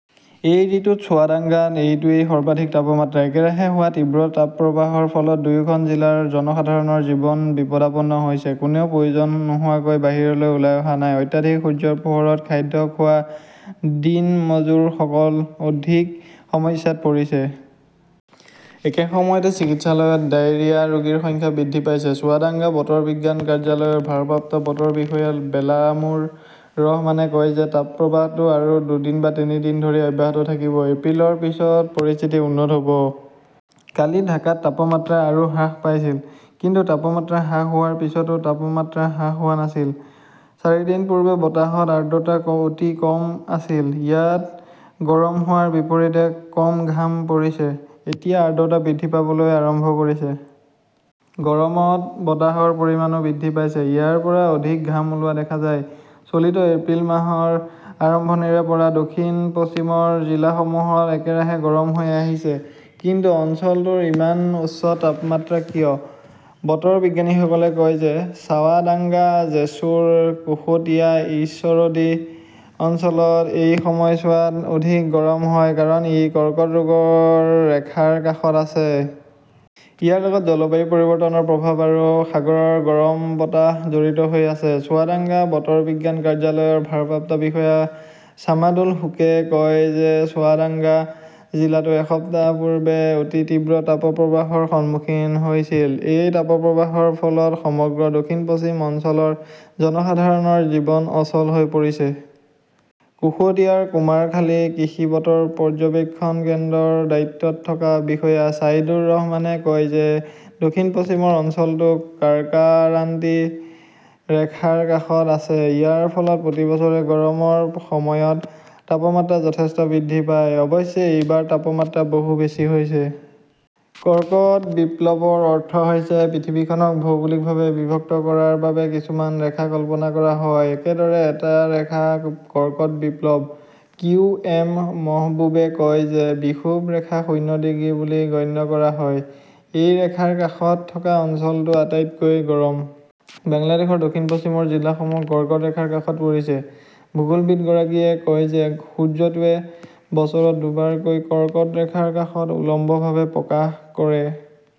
এই ঋতুত চুৱাদাংগাত এইটোৱেই সৰ্বাধিক তাপমাত্ৰা। একেৰাহে হোৱা তীব্ৰ তাপপ্ৰবাহৰ ফলত দুয়োখন জিলাৰ জনসাধাৰণৰ জীৱন বিপদাপন্ন হৈছে। কোনেও প্ৰয়োজন নোহোৱাকৈ বাহিৰলৈ ওলাই অহা নাই। অত্যাধিক সূৰ্যৰ পোহৰত খাদ্য খোৱা দিনমজুৰসকল অধিক সমস্যাত পৰিছে। একে সময়তে চিকিৎসালয়ত ডায়েৰিয়া ৰোগীৰ সংখ্যা বৃদ্ধি পাইছে। চুৱাদাঙ্গা বতৰ বিজ্ঞান কাৰ্যালয়ৰ ভাৰপ্ৰাপ্ত বতৰ বিষয়া বেলামুৰ ৰহমানে কয় যে তাপপ্ৰবাহটো আৰু দুদিন বা তিনি দিন ধৰি অব্যাহত থাকিব। এপ্ৰিলৰ পিছত পৰিস্থিতি উন্নত হʼব। কালি ঢাকাত তাপমাত্ৰা আৰু হ্ৰাস পাইছিল। । কিন্তু তাপমাত্ৰা হ্ৰাস হোৱাৰ পিছতো তাপমাত্ৰা হ্ৰাস হোৱা নাছিল। চাৰিদিন পূৰ্বে বতাহত আৰ্দ্ৰতা অতি কম আছিল। ইয়াত গৰম হোৱাৰ বিপৰীতে কম ঘাম পৰিছে। এতিয়া আৰ্দ্ৰতা বৃদ্ধি পাবলৈ আৰম্ভ কৰিছে। গৰমত বতাহৰ পৰিমাণও বৃদ্ধি পাইছে। ইয়াৰ পৰা অধিক ঘাম ওলোৱা দেখা যায়। চলিত এপ্ৰিল মাহৰ আৰম্ভণিৰে পৰা দক্ষিণ-পশ্চিমৰ জিলাসমূহত একেৰাহে গৰম হৈ আহিছে। কিন্তু অঞ্চলটোৰ ইমান উচ্চ তাপমাত্ৰা কিয়? বতৰ বিজ্ঞানীসকলে কয় যে চাৱাদাঙ্গা, জেছুৰ, কুশটিয়া, ঈশ্বৰদী অঞ্চলত এই সময়ছোৱাত অধিক গৰম হয় কাৰণ ই কৰ্কট ৰোগৰ ৰেখাৰ কাষত আছে। ইয়াৰ লগত জলবায়ু পৰিৱৰ্তনৰ প্ৰভাৱ আৰু সাগৰৰ গৰম বতাহ জড়িত হৈ আছে। চুৱাদাংগা বতৰ বিজ্ঞান কাৰ্যালয়ৰ ভাৰপ্ৰাপ্ত বিষয়া ছামাদুল হুকে কয় যে চুৱাদাংগা জিলাটো এসপ্তাহ পূৰ্বে অতি তীব্ৰ তাপপ্ৰবাহৰ সন্মুখীন হৈছিল। এই তাপপ্ৰবাহৰ ফলত সমগ্ৰ দক্ষিণ-পশ্চিম অঞ্চলৰ জনসাধাৰণৰ জীৱন অচল হৈ পৰিছে। কুশতিয়াৰ কুমাৰখালী কৃষি বতৰ পৰ্যবেক্ষণ কেন্দ্ৰৰ দায়িত্বত থকা বিষয়া চাইদুৰ ৰহমানে কয় যে দক্ষিণ-পশ্চিমৰ অঞ্চলটো কাৰ্কাৰান্তি ৰেখাৰ কাষত আছে। ইয়াৰ ফলত প্ৰতি বছৰে গৰমৰ সময়ত তাপমাত্ৰা যথেষ্ট বৃদ্ধি পায়। অৱশ্যে এইবাৰ তাপমাত্ৰা বহু বেছি হৈছে। কৰ্কট বিপ্লৱৰ অৰ্থ হৈছে পৃথিৱীখনক ভৌগোলিকভাৱে বিভক্ত কৰাৰ বাবে কিছুমান ৰেখা কল্পনা কৰা হয়। একেদৰে এটা ৰেখা কৰ্কট বিপ্লৱ। কিউ. এম. মহবুবে কয় যে বিষুৱ ৰেখা শূন্য ডিগ্ৰী বুলি গণ্য কৰা হয়। এই ৰেখাৰ কাষত থকা অঞ্চলটো আটাইতকৈ গৰম। বাংলাদেশৰ দক্ষিণ-পশ্চিমৰ জিলাসমূহ কৰ্কট ৰেখাৰ কাষত পৰিছে। ভূগোলবিদগৰাকীয়ে কয় যে সূৰ্যটোৱে বছৰত দুবাৰকৈ কৰ্কট ৰেখাৰ কাষত উলম্বভাৱে প্ৰকাশ কৰে।